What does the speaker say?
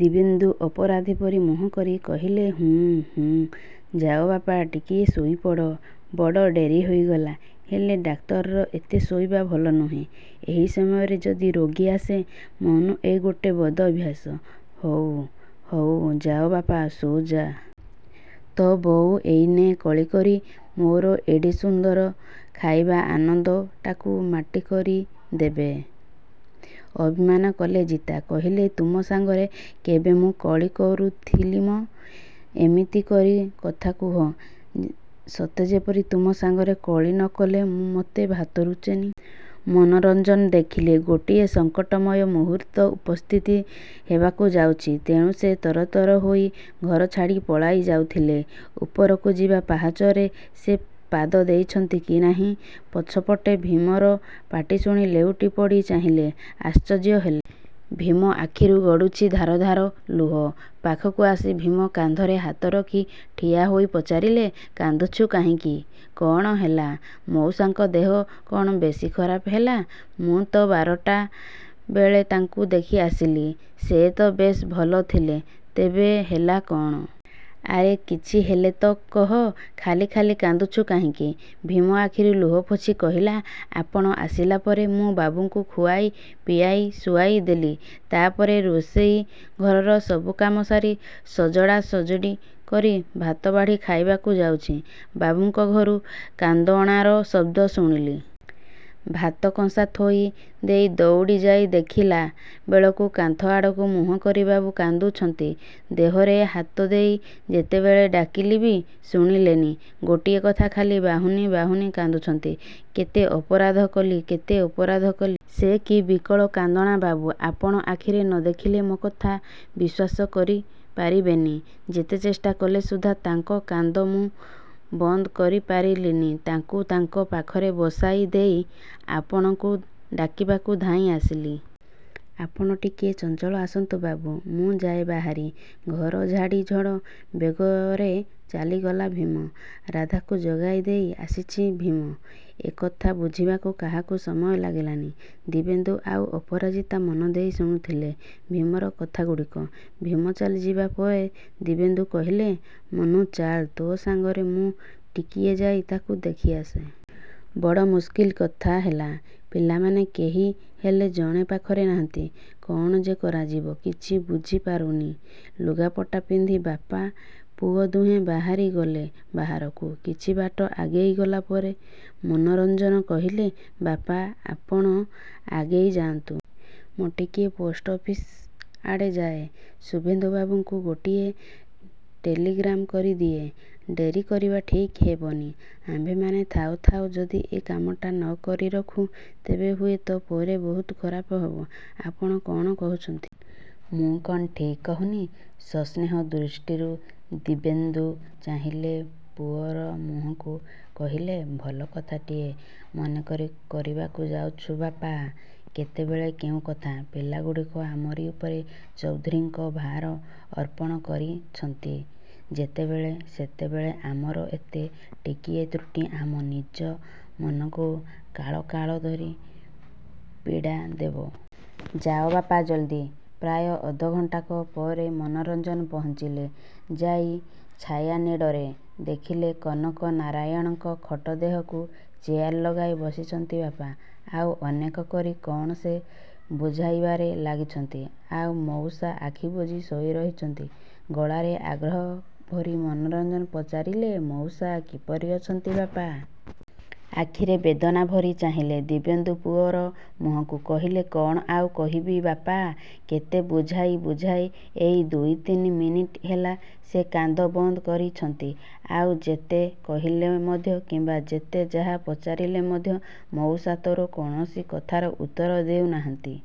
ଦିବ୍ୟେନ୍ଦୁ ଅପରାଧୀ ପରି ମୁହଁ କରି କହିଲେ ହୁଁ, ହୁଁ। ଯାଅ, ବାପା ଟିକିଏ ଶୋଇ ପଡ଼। ବଡ଼ ଡେରି ହୋଇଗଲା। ହେଲେ, ଡାକ୍ତରର ଏତେ ଶୋଇବା ଭଲ ନୁହେଁ। ଏହି ସମୟରେ ଯଦି ରୋଗୀ ଆସେ? ମନୁ ଏ ଗୋଟେ ବଦ ଅଭ୍ୟାସ। ହଉ, ହଉ ଯାଅ ବାପା, ଶୋ ଯା। ତୋ ବୋଉ ଏଇନେ କଳି କରି ମୋର ଏଡ଼େ ସୁନ୍ଦର ଖାଇବା ଆନନ୍ଦଟାକୁ ମାଟି କରିଦେବେ। ଅଭିମାନ କଲେ ଜିତା, କହିଲେ ତୁମ ସାଙ୍ଗରେ କେବେ ମୁଁ କଳି କରୁଥିଲି ମ? ଏମିତି କରି କଥା କୁହ, ଉଁ ସତେଯେପରି ତୁମ ସାଙ୍ଗରେ କଳି ନ କଲେ ମତେ ଭାତ ରୁଚେନି। ମନୋରଞ୍ଜନ ଦେଖିଲେ ଗୋଟିଏ ସଙ୍କଟମୟ ମୁହୂର୍ତ୍ତ ଉପସ୍ଥିତି ହେବାକୁ ଯାଉଛି। ତେଣୁ ସେ ତରତର ହୋଇ ଘର ଛାଡ଼ି ପଳାଇ ଯାଉଥିଲେ। ଉପରକୁ ଯିବା ପାହାଚରେ ସେ ପାଦ ଦେଇଛନ୍ତି କି ନାହିଁ, ପଛପଟେ ଭୀମର ପାଟି ଶୁଣି ଲେଉଟି ପଡ଼ି ଚାହିଁଲେ। ଆଶ୍ଚର୍ଯ୍ୟ ହେ! ଭୀମ ଆଖିରୁ ଗଡ଼ୁଛି ଧାର ଧାର ଲୁହ। ପାଖକୁ ଆସି ଭୀମ କାନ୍ଧରେ ହାତ ରଖି ଠିଆ ହୋଇ ପଚାରିଲେ କାନ୍ଦୁଛୁ କାହିଁକି? କ'ଣ ହେଲା? ମଉସାଙ୍କ ଦେହ କ'ଣ ବେଶୀ ଖରାପ ହେଲା? ମୁଁ ତ ବାରଟା ବେଳେ ତାଙ୍କୁ ଦେଖି ଆସିଲି। ସେ ତ ବେଶ୍ ଭଲ ଥିଲେ ତେବେ ହେଲା କ'ଣ? ଆରେ କିଛି ହେଲେ ତ କହ? ଖାଲି ଖାଲି କାନ୍ଦୁଛୁ କାହିଁକି? ଭୀମ ଆଖିରୁ ଲୁହ ପୋଛି କହିଲା ଆପଣ ଆସିଲା ପରେ ମୁଁ ବାବୁଙ୍କୁ ଖୁଆଇ, ପିଆଇ, ଶୁଆଇ ଦେଲି। ତା' ପରେ ରୋଷେଇ ଘରର ସବୁ କାମ ସାରି, ସଜଡ଼ା ସଜାଡ଼ି କରି ଭାତ ବାଢ଼ି ଖାଇବାକୁ ଯାଉଛି, ବାବୁଙ୍କ ଘରୁ କାନ୍ଦଣାର ଶବ୍ଦ ଶୁଣିଲି। ଭାତ କଂସା ଥୋଇ ଦେଇ ଦଉଡ଼ି ଯାଇ ଦେଖିଲା ବେଳକୁ କାନ୍ଥ ଆଡ଼କୁ ମୁହଁ କରି ବାବୁ କାନ୍ଦୁଛନ୍ତି। ଦେହରେ ହାତ ଦେଇ ଯେତେବେଳେ ଡାକିଲି ବି ଶୁଣିଲେନି। ଗୋଟିଏ କଥା ଖାଲି ବାହୁନି ବାହୁନି କାନ୍ଦୁଛନ୍ତି କେତେ ଅପରାଧ କଲି, କେତେ ଅପରାଧ କଲ। ସେ କି ବିକଳ କାନ୍ଦଣା ବାବୁ। ଆପଣ ଆଖିରେ ନ ଦେଖିଲେ ମୋ କଥା ବିଶ୍ୱାସ କରି ପାରିବେନି। ଯେତେ ଚେଷ୍ଟା କଲେ ସୁଦ୍ଧା ତାଙ୍କ କାନ୍ଦ ମୁଁ ବନ୍ଦ କରି ପାରିଲିନି। ତାଙ୍କୁ ତାଙ୍କ ପାଖରେ ବସାଇ ଦେଇ ଆପଣଙ୍କୁ ଡାକିବାକୁ ଧାଇଁ ଆସିଲି। ଆପଣ ଟିକିଏ ଚଞ୍ଚଳ ଆସନ୍ତୁ ବାବୁ। ମୁଁ ଯାଏ ବାହାରି, ଘର ଛାଡ଼ି ଝଡ଼ ବେଗରେ ଚାଲିଗଲା ଭୀମ। ରାଧାକୁ ଜଗାଇ ଦେଇ ଆସିଛି ଭୀମ। ଏ କଥା ବୁଝିବାକୁ କାହାକୁ ସମୟ ଲାଗିଲାନି। ଦିବ୍ୟେନ୍ଦୁ ଆଉ ଅପରାଜିତା ମନଦେଇ ଶୁଣୁଥିଲେ ଭୀମର କଥାଗୁଡ଼ିକ। ଭୀମ ଚାଲିଯିବା ପରେ ଦିବ୍ୟେନ୍ଦୁ କହିଲେ ମନୁ ଚାଲ, ତୋ ସାଙ୍ଗରେ ମୁଁ ଟିକିଏ ଯାଇ ତାଙ୍କୁ ଦେଖି ଆସେ। ବଡ଼ ମୁସ୍କିଲ କଥା ହେଲା। ପିଲାମାନେ କେହିହେଲେ ଜଣେ ପାଖରେ ନାହାନ୍ତି। କ'ଣ ଯେ କରାଯିବ କିଛି ବୁଝି ପାରୁନି। ଲୁଗାପଟା ପିନ୍ଧି ବାପା ପୁଅ ଦୁହେଁ ବାହାରି ଗଲେ ବାହାରକୁ। କିଛି ବାଟ ଆଗେଇ ଗଲା ପରେ ମନୋରଞ୍ଜନ କହିଲି ବାପା, ଆପଣ ଆଗେଇ ଯାଆନ୍ତୁ। ମୁଁ ଟିକିଏ ପୋଷ୍ଟ ଅଫିସ୍ ଆଡ଼େ ଯାଏ। ଶୁଭେନ୍ଦୁ ବାବୁଙ୍କୁ ଗୋଟେ ଟେଲିଗ୍ରାମ କରି ଦିଏ। ଡେରି କରିବା ଠିକ୍ ହେବନି। ଆମ୍ଭେମାନେ ଥାଉ ଥାଉ ଯଦି ଏ କାମଟା ନ କରି ରଖୁ, ତେବେ ହୁଏତ ପରେ ବହୁତ ଖରାପ ହେବ। ଆପଣ କ'ଣ କହୁଛନ୍ତି? ମୁଁ କ'ଣ ଠିକ୍ କହୁନି? ସସ୍ନେହ ଦୃଷ୍ଟିରୁ ଦିବ୍ୟେନ୍ଦୁ ଚାହିଁଲେ ପୁଅର ମୁହଁକୁ। କହିଲେ ଭଲ କଥାଟିଏ ମନେ କରି କରିବାକୁ ଯାଉଛୁ ବାପା। କେତେବେଳେ କେଉଁ କଥା। ପିଲାଗୁଡ଼ିକ ଆମରି ଉପରେ ଚୌଧୁରୀଙ୍କ ଭାର ଅର୍ପଣ କରିଛନ୍ତି ଯେତେବେଳେ, ସେତେବେଳେ ଆମର ଏତେ ଟିକିଏ ତ୍ରୁଟି ଆମ ନିଜ ମନକୁ କାଳକାଳ ଧରି ପୀଡ଼ା ଦେବ। ଯାଅ, ବାପା ଜଲ୍ଦି। ପ୍ରାୟ ଅଧ ଘଣ୍ଟାକ ପରେ ମନୋରଞ୍ଜନ ପହଞ୍ଚିଲେ ଯାଇ ଛାୟାନୀଡ଼ରେ। ଦେଖିଲେ କନକନାରାୟଣଙ୍କ ଖଟ ଦେହକୁ ଚେୟାର ଲଗାଇ ବସିଛନ୍ତି ବାପା। ଆଉ, ଅନେକ କରି କ'ଣ ସେ ବୁଝାଇବାରେ ଲାଗିଛନ୍ତି। ଆଉ, ମଉସା ଆଖି ବୁଜି ଶୋଇ ରହିଛନ୍ତି। ଗଳାରେ ଆଗ୍ରହ ଭରି ମନୋରଞ୍ଜନ ପଚାରିଲେ, ମଉସା କିପରି ଅଛନ୍ତି ବାପା? ଆଖିରେ ବେଦନା ଭରି ଚାହିଁଲେ ଦିବ୍ୟେନ୍ଦୁ ପୁଅର ମୁହଁକୁ। କହିଲେ କ'ଣ ଆଉ କହିବି ବାପା। କେତେ ବୁଝାଇ ବୁଝାଇ ଏଇ ଦୁଇ ତିନି ମିନିଟ୍ ହେଲା ସେ କାନ୍ଦ ବନ୍ଦ କରିଛନ୍ତି। ଆଉ, ଯେତେ କହିଲେ ମଧ୍ୟ କିମ୍ବା ଯେତେ ଯାହା ପଚାରିଲେ ମଧ୍ୟ ମଉସା ତୋର କୌଣସି କଥାର ଉତ୍ତର ଦେଉ ନାହାନ୍ତି।